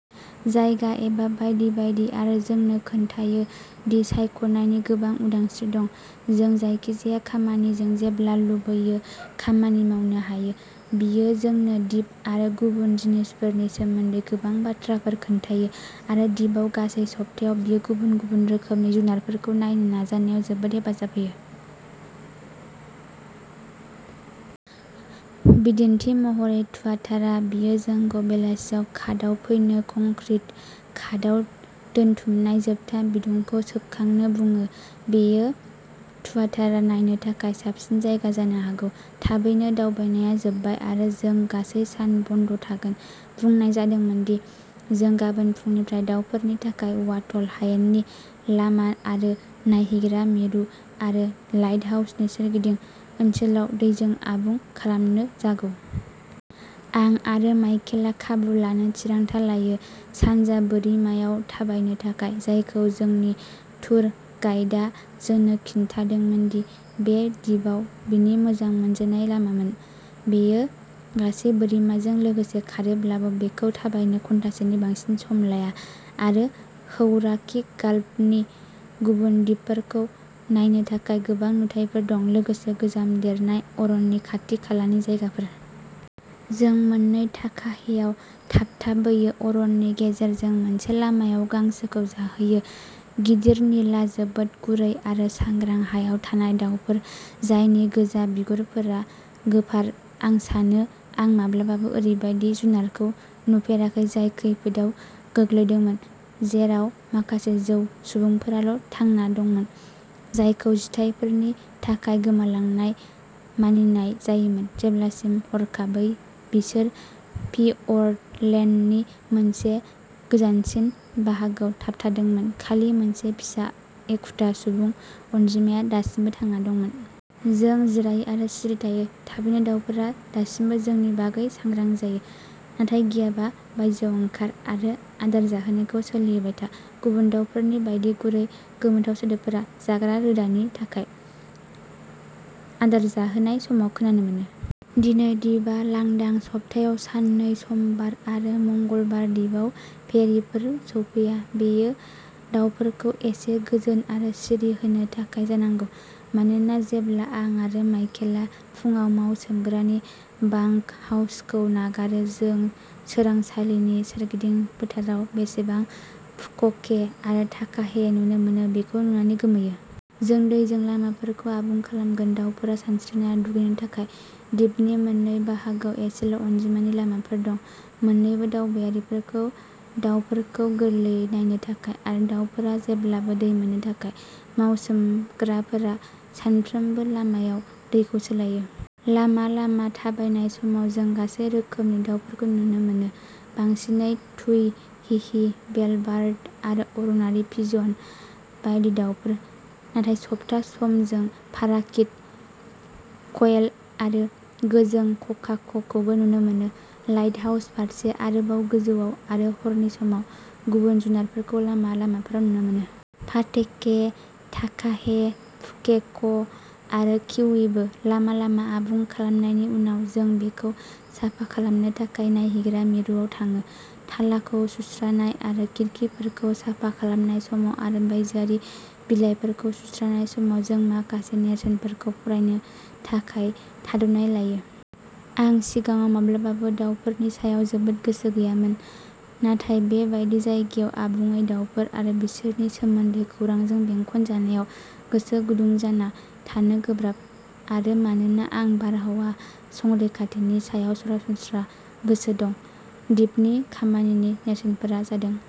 जायगा एबा बायदि बायदि आरो जोंनो खोन्थायो दि सायख'नायनि गोबां उदांस्रि दं। जों जायखिजाया खामानिजों जेब्ला लुबैयो खामानि मावनो हायो। बियो जोंनो दिप आरो गुबुन जिनिसफोरनि सोमोन्दै गोबां बाथ्राफोर खोन्थायो आरो दिपआव गासै सप्तायाव बियो गुबुन गुबुन रोखोमनि जुनारफोरखौ नायनो नाजानायाव जोबोद हेफाजाब होयो। बिदिन्थि महरै तुआतारा, बियो जोंखौ बेलासियाव घाटआव फैनो, कंक्रिट घाटआव दोनथुमनाय जोबथा बिदुंखौ सोबखांनो बुङो। बेयो तुआतारा नायनो थाखाय साबसिन जायगा जानो हागौ। थाबैनो, "दावबायनाय" आ जोबबाय आरो जों गासै सान बन्द' थागोन, बुंनाय जादोंमोन दि जों गाबोन फुंनिफ्राय दावफोरनि थाखाय वाटल हायेननि लामा आरो नायहैग्रा मिरु आरो लाइटहाउसनि सोरगिदिं ओनसोलाव दैजों आबुं खालामनो जागौ। आं आरो माइकेलआ खाबु लानो थिरांथा लायो। सानजा बोरिमायाव थाबायनो थाखाय, जायखौ जोंनि टुर गाइडा जोंनो खिन्थादोंमोन दि बे दिपआव बिनि मोजां मोनजानाय लामामोन। बेयो गासै बोरिमाजों लोगोसे खारोब्लाबो, बेखौ थाबायनो घन्टासेनि बांसिन सम लाया, आरो हौराकी गाल्फनि गुबुन दिपफोरखौ नायनो थाखाय गोबां नुथायफोर दं, लोगोसे गोजाम देरनाय अरननि खाथि-खालानि जायगाफोर। जों मोन्नै ताकाहेआव थाबथाबोयो, अरननि गेजेरजों मोनसे लामायाव गांसोखौ जाहैयो। गिदिर, निला, जोबोद गुरै आरो सांग्रां हायाव थानाय दावफोर जायनि गोजा बिगुरफोरा गोफार, आं सानो आं माब्लाबाबो ओरैबायदि जुनारखौ नुफेराखै जाय खैफोदाव गोग्लैदोंमोन, जेराव माखासे जौ सुबुंफोराल' थांना दंमोन, जायखौ जिथायफोरनि थाखाय गोमालांनाय मानिनाय जायोमोन जेब्लासिम हरखाबै बिसोर फिअर्डलेन्डनि मोनसे गोजानसिन बाहागोआव थाबथादोंमोन, खालि मोनसे फिसा एखुथा सुबुं अनजिमाया दासिमबो थांना दंमोन। जों जिरायो आरो सिरि थायो। थाबैनो दावफोरा, दासिमबो जोंनि बागै सांग्रां जायो। नाथाय गियाबा, बायजोआव ओंखार आरो आदार जाहोनायखौ सोलिहोबाय था। गुबुन दाउफोरनि बायदि गुरै गोमोथाव सोदोबफोरा, जाग्रा रोदानि थाखाय आदार जाहोनाय समाव खोनानो मोनो। दिनै दिपआ लांदां। सप्तायाव साननै समबार आरो मंगलबार दिपआव फेरिफोर सौफैया। बेयो दावफोरखौ एसे गोजोन आरो सिरि होनो थाखाय जानांगौ, मानोना जेब्ला आं आरो माइकेलआ फुंआव मावसोमग्रानि बांकहाउसखौ नागारो, जों सोरांसालिनि सोरगिदिं फोथाराव बेसेबां पुक'के आरो ताकाहे नुनो मोनो बेखौ नुनानै गोमोयो। जों दैजों लामाफोरखौ आबुं खालामगोन, दावफोरा सानस्रिनो आरो दुगैनो थाखाय। दिपनि मोननै बाहागोआव एसेल' अनजिमानि लामाफोर दं, मोननैबो दावबायारिफोरखौ दावफोरखौ गोरलैयै नायनो थाखाय आरो दावफोरा जेब्लाबो दै मोननो थाखाय। मावसोमग्राफोरा सानफ्रोमबो लामायाव दैखौ सोलायो। लामा-लामा थाबायनाय समाव जों गासै रोखोमनि दावफोरखौ नुनो मोनो। बांसिनै तुई, हिहि, बेलबार्ड आरो अर'नारि पिजन बायदि दावफोर, नाथाय सप्ता सम जों पाराकिट, क्वेल आरो गोजों ककाक'खौबो नुनो मोनो। लाइटहाउस फारसे आरोबाव गोजौआव, आरो हरनि समाव, गुबुन जुनारफोरखौ लामा-लामाफोराव नुनो मोनो। पाटेके, ताकाहे, पुकेक' आरो किवीबो। लामा-लामा आबुं खालामनायनि उनाव, जों बेखौ साफा खालामनो थाखाय नायहैग्रा मिरुआव थाङो। थालाखौ सुस्रानाय आरो खिरखिफोरखौ साफा खालामनाय समाव आरो बायजोआरि बिलाइफोरखौ सुस्रानाय समाव, जों माखासे नेरसोनफोरखौ फरायनो थाखाय थाद'नाय लायो। आं सिगाङाव माब्लाबाबो दावफोरनि सायाव जोबोद गोसो गैयामोन, नाथाय बे बायदि जायगायाव आबुङै दावफोर आरो बिसोरनि सोमोन्दै खौरांजों बेंखनजानायाव गोसो गुदुं जाना थानो गोब्राब। आरो मानोना आं बारहावा संरैखाथिनि सायाव सरासनस्रा गोसो दं, दिपनि खामानिनि नेरसोनफोरा जादों --